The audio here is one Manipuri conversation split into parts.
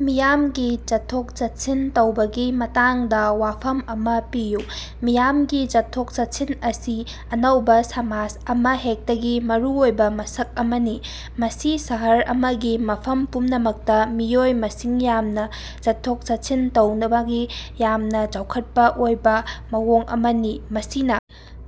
ꯃꯤꯌꯥꯝꯒꯤ ꯆꯠꯊꯣꯛ ꯆꯠꯁꯤꯟ ꯇꯧꯕꯒꯤ ꯃꯇꯥꯡꯗ ꯋꯥꯐꯝ ꯑꯃ ꯄꯤꯌꯨ꯫ ꯃꯤꯌꯥꯝꯒꯤ ꯆꯠꯊꯣꯛ-ꯆꯠꯁꯤꯟ ꯑꯁꯤ ꯑꯅꯧꯕ ꯁꯃꯥꯖ ꯑꯃꯍꯦꯛꯇꯒꯤ ꯃꯔꯨꯑꯣꯏꯕ ꯃꯁꯛ ꯑꯃꯅꯤ꯫ ꯃꯁꯤ ꯁꯍꯔ ꯑꯃꯒꯤ ꯃꯐꯝ ꯄꯨꯝꯅꯃꯛꯇ ꯃꯤꯑꯣꯏ ꯃꯁꯤꯡ ꯌꯥꯝꯅ ꯆꯠꯊꯣꯛ-ꯆꯠꯁꯤꯟ ꯇꯧꯅꯕꯒꯤ ꯌꯥꯝꯅ ꯆꯥꯎꯈꯠꯄ ꯑꯣꯏꯕ ꯃꯑꯣꯡ ꯑꯃꯅꯤ ꯃꯁꯤꯅ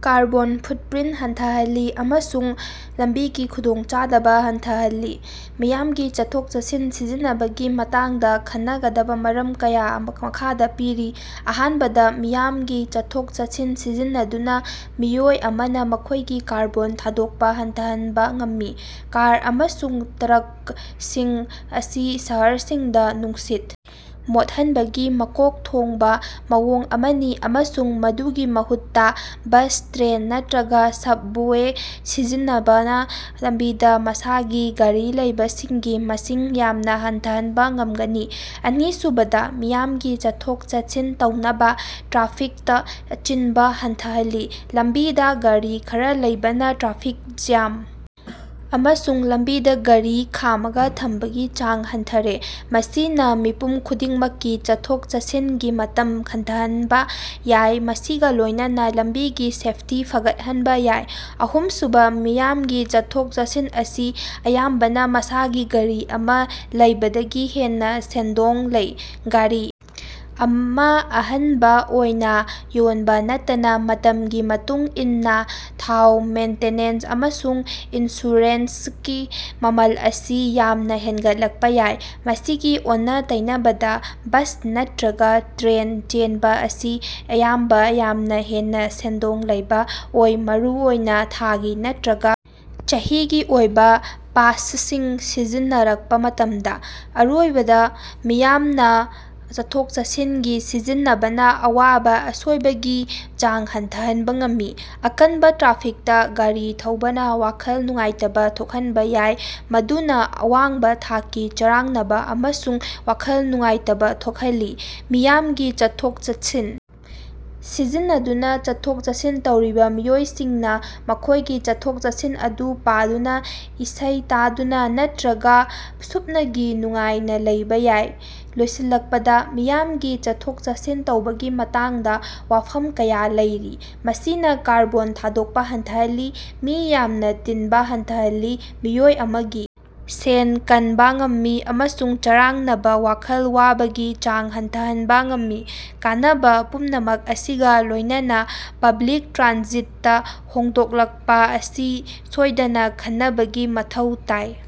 ꯀꯥꯔꯕꯣꯟ ꯐꯨꯠꯄ꯭ꯔꯤꯟꯇ ꯍꯟꯊꯍꯜꯂꯤ ꯑꯃꯁꯨꯡ ꯂꯝꯕꯤꯒꯤ ꯈꯨꯗꯣꯡꯆꯥꯗꯕ ꯍꯟꯊꯍꯜꯂꯤ꯫ ꯃꯤꯌꯥꯝꯒꯤ ꯆꯠꯊꯣꯛ-ꯆꯠꯁꯤꯟ ꯁꯤꯖꯤꯟꯅꯕꯒꯤ ꯃꯇꯥꯡꯗ ꯈꯟꯅꯒꯗꯕ ꯃꯔꯝ ꯀꯌꯥ ꯑꯃ ꯃꯈꯥꯗ ꯄꯤꯔꯤ꯫ ꯑꯍꯥꯟꯕꯗ ꯃꯤꯌꯥꯝꯒꯤ ꯆꯠꯊꯣꯛ-ꯆꯠꯁꯤꯟ ꯁꯤꯖꯤꯟꯅꯗꯨꯅ ꯃꯤꯑꯣꯏ ꯑꯃꯅ ꯃꯈꯣꯢꯒꯤ ꯀꯥꯔꯕꯣꯟ ꯊꯥꯗꯣꯛꯄ ꯍꯟꯊꯍꯟꯕ ꯉꯝꯃꯤ꯫ ꯀꯥꯔ ꯑꯃꯁꯨꯡ ꯇ꯭ꯔꯛꯁꯤꯡ ꯑꯁꯤ ꯁꯍꯔꯁꯤꯡꯗ ꯅꯨꯡꯁꯤꯠ ꯃꯣꯠꯍꯟꯕꯒꯤ ꯃꯀꯣꯛ ꯊꯣꯡꯕ ꯃꯑꯣꯡ ꯑꯃꯅꯤ ꯑꯃꯁꯨꯡ ꯃꯗꯨꯒꯤ ꯃꯍꯨꯠꯇꯥ ꯕꯁ, ꯇ꯭ꯔꯦꯟ ꯅꯠꯇ꯭ꯔꯒ ꯁꯕꯋꯦ ꯁꯤꯖꯤꯟꯅꯕꯅ ꯂꯝꯕꯤꯗ ꯃꯁꯥꯒꯤ ꯒꯥꯔꯤꯂꯩꯕꯁꯤꯡꯒꯤ ꯃꯁꯤꯡ ꯌꯥꯝꯅ ꯍꯟꯊꯍꯟꯕ ꯉꯝꯒꯅꯤ꯫ ꯑꯅꯤꯁꯨꯕꯗ ꯃꯤꯌꯥꯝꯒꯤ ꯆꯠꯊꯣꯛ-ꯆꯠꯁꯤꯟ ꯇꯧꯅꯥꯕ ꯇ꯭ꯔꯥꯐꯤꯛꯇ ꯆꯤꯟꯕ ꯍꯟꯊꯍꯜꯂꯤ꯫ ꯂꯝꯕꯤꯗꯥ ꯒꯥꯔꯤ ꯈꯔ ꯂꯩꯕꯅ ꯇ꯭ꯔꯥꯐꯤꯛ ꯖ꯭ꯌꯥꯝ ꯑꯃꯁꯨꯡ ꯂꯝꯕꯤꯗ ꯒꯔꯤ ꯈꯥꯝꯃꯒ ꯊꯝꯕꯒꯤ ꯆꯥꯡ ꯍꯟꯊꯔꯦ꯫ ꯃꯁꯤꯅꯥ ꯃꯤꯄꯨꯝ ꯈꯨꯗꯤꯡꯃꯛꯀꯤ ꯆꯠꯊꯣꯛ-ꯆꯠꯁꯤꯟꯒꯤ ꯃꯇꯝ ꯍꯟꯊꯍꯟꯕꯥ ꯌꯥꯏ ꯃꯁꯤꯒꯥ ꯂꯣꯢꯅꯅꯥ ꯂꯝꯕꯤꯒꯤ ꯁꯦꯐꯇꯤ ꯐꯒꯠꯍꯟꯕ ꯌꯥꯏ꯫ ꯑꯍꯨꯝꯁꯨꯕ ꯃꯤꯌꯥꯝꯒꯤ ꯆꯠꯊꯣꯛ-ꯆꯠꯁꯤꯟ ꯑꯁꯤ ꯑꯌꯥꯝꯕꯅ ꯃꯁꯥꯒꯤ ꯒꯔꯤ ꯑꯃ ꯂꯩꯕꯗꯒꯤ ꯍꯦꯟꯅ ꯁꯦꯟꯗꯣꯡ ꯂꯩ꯫ ꯒꯥꯔꯤ ꯑꯃ ꯑꯍꯟꯕ ꯑꯣꯏꯅꯥ ꯌꯣꯟꯕ ꯅꯠꯇꯅ ꯃꯇꯝꯒꯤ ꯃꯇꯨꯡ ꯏꯟꯅꯥ ꯊꯥꯎ ꯃꯦꯟꯇꯦꯅꯦꯟꯁ ꯑꯃꯁꯨꯡ ꯏꯟꯁꯨꯔꯦꯟꯁꯀꯤ ꯃꯃꯜ ꯑꯁꯤ ꯌꯥꯝꯅꯥ ꯍꯦꯟꯒꯠꯂꯛꯄ ꯌꯥꯏ꯫ ꯃꯁꯤꯒꯤ ꯑꯣꯟꯅ-ꯇꯩꯅꯕꯗ ꯕꯁ ꯅꯠꯇ꯭ꯔꯒ ꯇ꯭ꯔꯦꯟ ꯆꯦꯟꯕ ꯑꯁꯤ ꯑꯌꯥꯝꯕꯅ ꯌꯥꯝꯅ ꯍꯦꯟꯅ ꯁꯦꯟꯗꯣꯡ ꯂꯩꯕꯥ ꯑꯣꯏ ꯃꯔꯨꯑꯣꯏꯅ ꯊꯥꯒꯤ ꯅꯠꯇ꯭ꯔꯒ ꯆꯍꯤꯒꯤ ꯑꯣꯏꯕꯥ ꯄꯥꯁꯁꯤꯡ ꯁꯤꯖꯤꯟꯅꯔꯛꯄ ꯃꯇꯝꯗ꯫ ꯑꯔꯣꯏꯕꯗ ꯃꯤꯌꯥꯝꯅ ꯆꯠꯊꯣꯛ ꯆꯠꯁꯤꯟꯒꯤ ꯁꯤꯖꯤꯟꯅꯕꯅ ꯑꯋꯥꯕ ꯑꯁꯣꯏꯕꯒꯤ ꯆꯥꯡ ꯍꯟꯊꯍꯟꯕ ꯉꯝꯃꯤ꯫ ꯑꯀꯟꯕ ꯇ꯭ꯔꯥꯐꯤꯛꯇꯥ ꯒꯥꯔꯤ ꯊꯧꯕꯅ ꯋꯥꯈꯜ ꯅꯨꯡꯉꯥꯏꯇꯕ ꯊꯣꯛꯍꯟꯕ ꯌꯥꯏ ꯃꯗꯨꯅ ꯑꯋꯥꯡꯕ ꯊꯥꯛꯀꯤ ꯆꯔꯥꯡꯅꯕ ꯑꯃꯁꯨꯡ ꯋꯥꯈꯜ ꯅꯨꯡꯉꯥꯏꯇꯕ ꯊꯣꯛꯍꯜꯂꯤ꯫ ꯃꯤꯌꯥꯝꯒꯤ ꯆꯠꯊꯣꯛ-ꯆꯠꯁꯤꯟ ꯁꯤꯖꯤꯟꯅꯗꯨꯅ ꯆꯠꯊꯣꯛ-ꯆꯠꯁꯤꯟ ꯇꯧꯔꯤꯕ ꯃꯤꯑꯣꯏꯁꯤꯡꯅ ꯃꯈꯣꯢꯒꯤ ꯆꯠꯊꯣꯛ-ꯆꯠꯁꯤꯟ ꯑꯗꯨ ꯄꯥꯗꯨꯅ ꯏꯁꯩ ꯇꯥꯗꯨꯅ ꯅꯠꯇ꯭ꯔꯒ ꯁꯨꯞꯅꯒꯤ ꯅꯨꯡꯉꯥꯏꯅꯥ ꯂꯩꯕꯥ ꯌꯥꯏ꯫ ꯂꯣꯏꯁꯤꯜꯂꯛꯄꯗꯥ ꯃꯤꯌꯥꯝꯒꯤ ꯆꯠꯊꯣꯛ-ꯆꯠꯁꯤꯟ ꯇꯧꯕꯒꯤ ꯃꯇꯥꯡꯗꯥ ꯋꯥꯐꯝ ꯀꯌꯥ ꯂꯩꯔꯤ꯫ ꯃꯁꯤꯅꯥ ꯀꯥꯔꯕꯣꯟ ꯊꯥꯗꯣꯛꯄꯥ ꯍꯟꯊꯍꯜꯂꯤ ꯃꯤ ꯌꯥꯝꯅ ꯇꯤꯟꯕꯥ ꯍꯟꯊꯍꯜꯂꯤ ꯃꯤꯑꯣꯏ ꯑꯃꯒꯤ ꯁꯦꯟ ꯀꯟꯕꯥ ꯉꯝꯃꯤ ꯑꯃꯁꯨꯡ ꯆꯔꯥꯡꯅꯕ ꯋꯥꯈꯜ ꯋꯥꯕꯒꯤ ꯆꯥꯡ ꯍꯟꯊꯍꯟꯕꯥ ꯉꯝꯃꯤ꯫ ꯀꯥꯟꯅꯕ ꯄꯨꯝꯅꯃꯛ ꯑꯁꯤꯒꯥ ꯂꯣꯢꯅꯅꯥ ꯄꯕ꯭ꯂꯤꯛ ꯇ꯭ꯔꯥꯟꯖꯤꯠꯇꯥ ꯍꯣꯡꯗꯣꯛꯂꯛꯄꯥ ꯑꯁꯤ ꯁꯣꯏꯗꯅ ꯈꯟꯅꯕꯒꯤ ꯃꯊꯧ ꯇꯥꯏ꯫